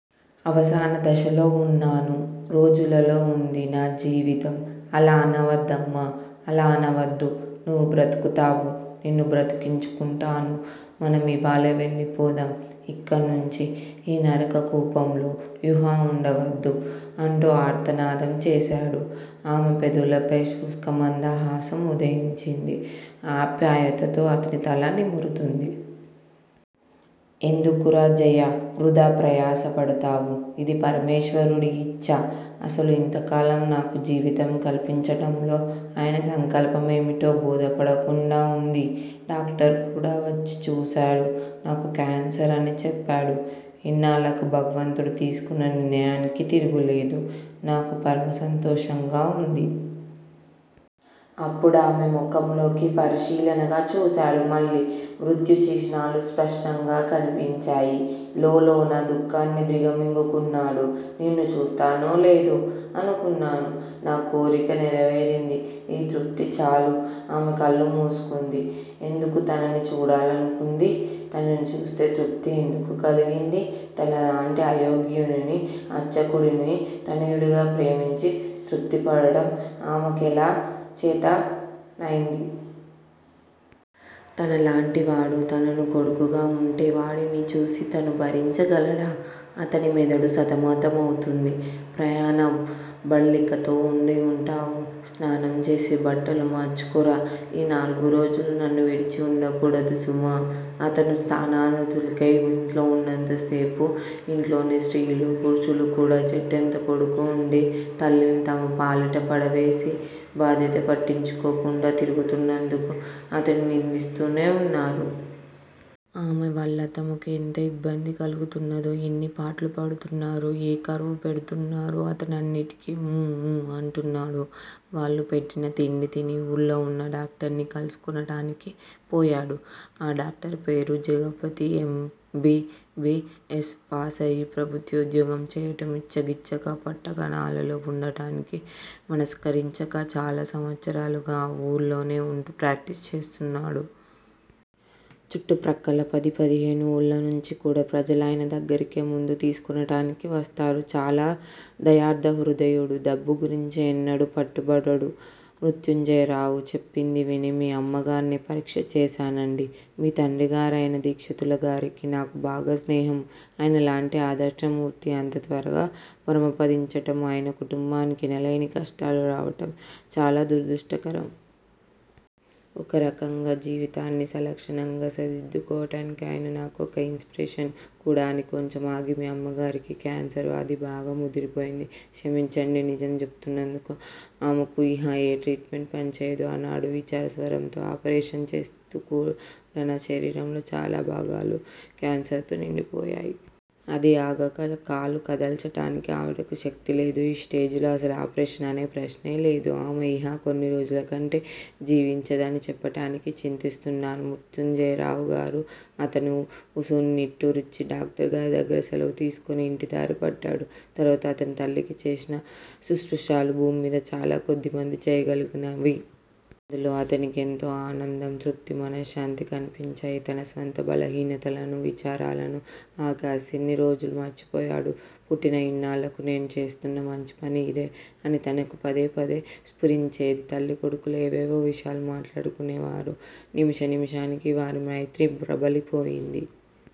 అవసానదశలో వున్నాను. రోజులలో వుంది నా జీవితం. అలా అనవద్దమ్మా. అలా అనవద్దు. నువ్వు బ్రతుకుతావు. నిన్ను బ్రతికించుకుంటాను. మనం యివాళే వెళ్ళిపోదాం యిక్కడ్నుంచి, ఈ నరక కూపంలో యిహ వుండవద్దు అంటూ ఆర్తనాదం చేశాడు. ఆమె పెదవులపై శుష్కమందహాసం ఉదయించింది. ఆప్యాయతతో అతని తల నిమురుతోంది. ఎందుకురా జయా! వృధా ప్రయాస పడతావు? ఇది పరమేశ్వరుడి యిచ్ఛ. అసలు యింతకాలం నాకు జీవితం కల్పించటంలో ఆయన సంకల్పమేమిటో బోధపడకుండా వుంది. డాక్టరుకూడా వచ్చి చూశాడు. నాకు క్యాన్సర్ అని చెప్పాడు. ఇన్నాళ్ళకు భగవంతుడు తీసుకున్న నిర్ణయానికి తిరుగులేదు. నాకు పరమ సంతోషంగా వుంది. అప్పుడామె ముఖంలోకి పరిశీలనగా చూశాడు మళ్ళీ. మృత్యుచిహ్నాలు స్పష్టంగా కనిపించాయి. లోలోన దుఃఖాన్ని దిగమ్రింగుకున్నాడు. నిన్ను చూస్తానోలేదో అనుకున్నాను. నా కోరిక నెరవేరింది. ఈ తృప్తిచాలు ఆమె కళ్ళు మూసుకుంది. ఎందుకు తనని చూడాలనుకుంది? తనని చూస్తే తృప్తి ఎందుకు కలిగింది? తనలాంటి అయోగ్యుడిని, అర్భకుడిని తనయుడిగా ప్రేమించి, తృప్తిపడటం ఆమెకెలా చేతనైంది? తనలాంటివాడు తనకు కొడుకుగా వుంటే వాడిని చూసి తను భరించగలడా? అతని మెదడు సతమతమవుతోంది. ప్రయాణ బడలికతో ఉండివుంటావు. స్నానంచేసి బట్టలు మార్చుకూరా. ఈ నాలుగురోజులూ నన్ను విడిచి వుండకూడదు సుమా. అతను స్నానాదులకై యింట్లో వున్నంతసేపూ యింట్లోని స్త్రీలూ, పురుషులూ కూడా చెట్టంత కొడుకు వుండి, తల్లిని తమపాలిట పడవేసి, బాధ్యత పట్టించుకోకుండా తిరుగుతున్నందుకు అతన్ని నిందిస్తూనే వున్నారు. ఆమెవల్ల తమకు ఎంత యిబ్బంది కలుగుతున్నదో, యెన్ని పాట్లు పడుతున్నారో ఏకరువు పెడుతున్నారు. అతనన్నిటికి ఊఁ, ఊఁ అంటున్నాడు. వాళ్ళు పెట్టిన తిండి తిని ఊళ్ళో వున్న డాక్టర్ని కలుసుకొనటానికి పోయాడు. ఆ డాక్టరుపేరు Jagapathi. M. B. B. S. ప్యాసయి, ప్రభుత్వోద్యోగం చేయటం యిచ్ఛగించక పట్టణాలలో వుండటానికి మనస్కరించక చాలా సంవత్సరాలుగా ఆ వూళ్ళోనే వుంటూ ప్రాక్టీసు చేస్తున్నాడు. చుట్టుప్రక్కల పది పదిహేను ఊళ్ళనుంచికూడా ప్రజలాయన దగ్గరకే మందు తీసుకొనటానికి వస్తారు. చాలా దయార్ద్రహృదయుడు. డబ్బుగురించి ఎన్నడూ పట్టుబట్టడు. మృత్యుంజయరావు చెప్పింది విని మీ అమ్మగార్ని పరీక్ష చేశానండీ. మీ తండ్రిగారైన దీక్షితులుగారికీ నాకూ బాగా స్నేహం ఆయనలాంటి ఆదర్శమూర్తి అంత త్వరగా పరమపదించటం, ఆయన కుటుంబానికి ఎనలేని కష్టాలు రావటం చాలా దురదృష్టకరం. ఒకరకంగా జీవితాన్ని సలక్షణంగా సరిదిద్దుకోవటానికి ఆయన నాకు ఒక యిన్స్పిరేషన్ కూడా అని కొంచెం ఆగి మీ అమ్మగారికి కేన్సర్ వ్యాధి బాగా ముదిరిపోయింది. క్షమించండి నిజం చేబుతూన్నందుకు. ఆమెకు యిహ ఏ ట్రీట్ మెంటూ పనిచెయ్యదు అన్నాడు విచారస్వరంతో. ఆపరేషన్ చేస్తేకూడానా? శరీరంలో చాలాభాగాలు కేన్సర్ తో నిండిపోయాయి. అదీగాక కాలు కదల్చటానికి ఆవిడకు శక్తిలేదు. ఈ స్టేజిలో అసలు ఆపరేషన్ అనే ప్రశ్నలేదు. ఆమె యిహ కొన్నిరోజులకంటే జీవించదని చెప్పటానికి చింతిస్తున్నాను మృత్యుంజయరావుగారూ! అతను ఉస్సురని నిట్టూర్చి, డాక్టరుగారిదగ్గర సెలవు తీసుకుని యింటిదారి పట్టాడు. తర్వాత అతను తల్లికి చేసిన శుశ్రూషలు భూమ్మీద చాలా కొద్దిమంది చేయగలిగినవి. అందులో అతనికి ఎంతో అనందం, తృప్తీ, మనశ్శాంతీ కనిపించాయి. తన స్వంత బలహీనతలనూ, విచారాలనూ ఆ కాసిని రోజులూ మరిచిపోయాడు. పుట్టిన యిన్నాళ్ళకు 'నేను చేస్తూన్న మంచిపని యిదే' అని అతనికి పదే పదే స్పురించేది. తల్లీకొడుకులు ఏవేవో విషయాలు మాట్లాడుకునేవారు. నిమిష నిమిషానికీ వారి మైత్రి ప్రబలిపోయింది.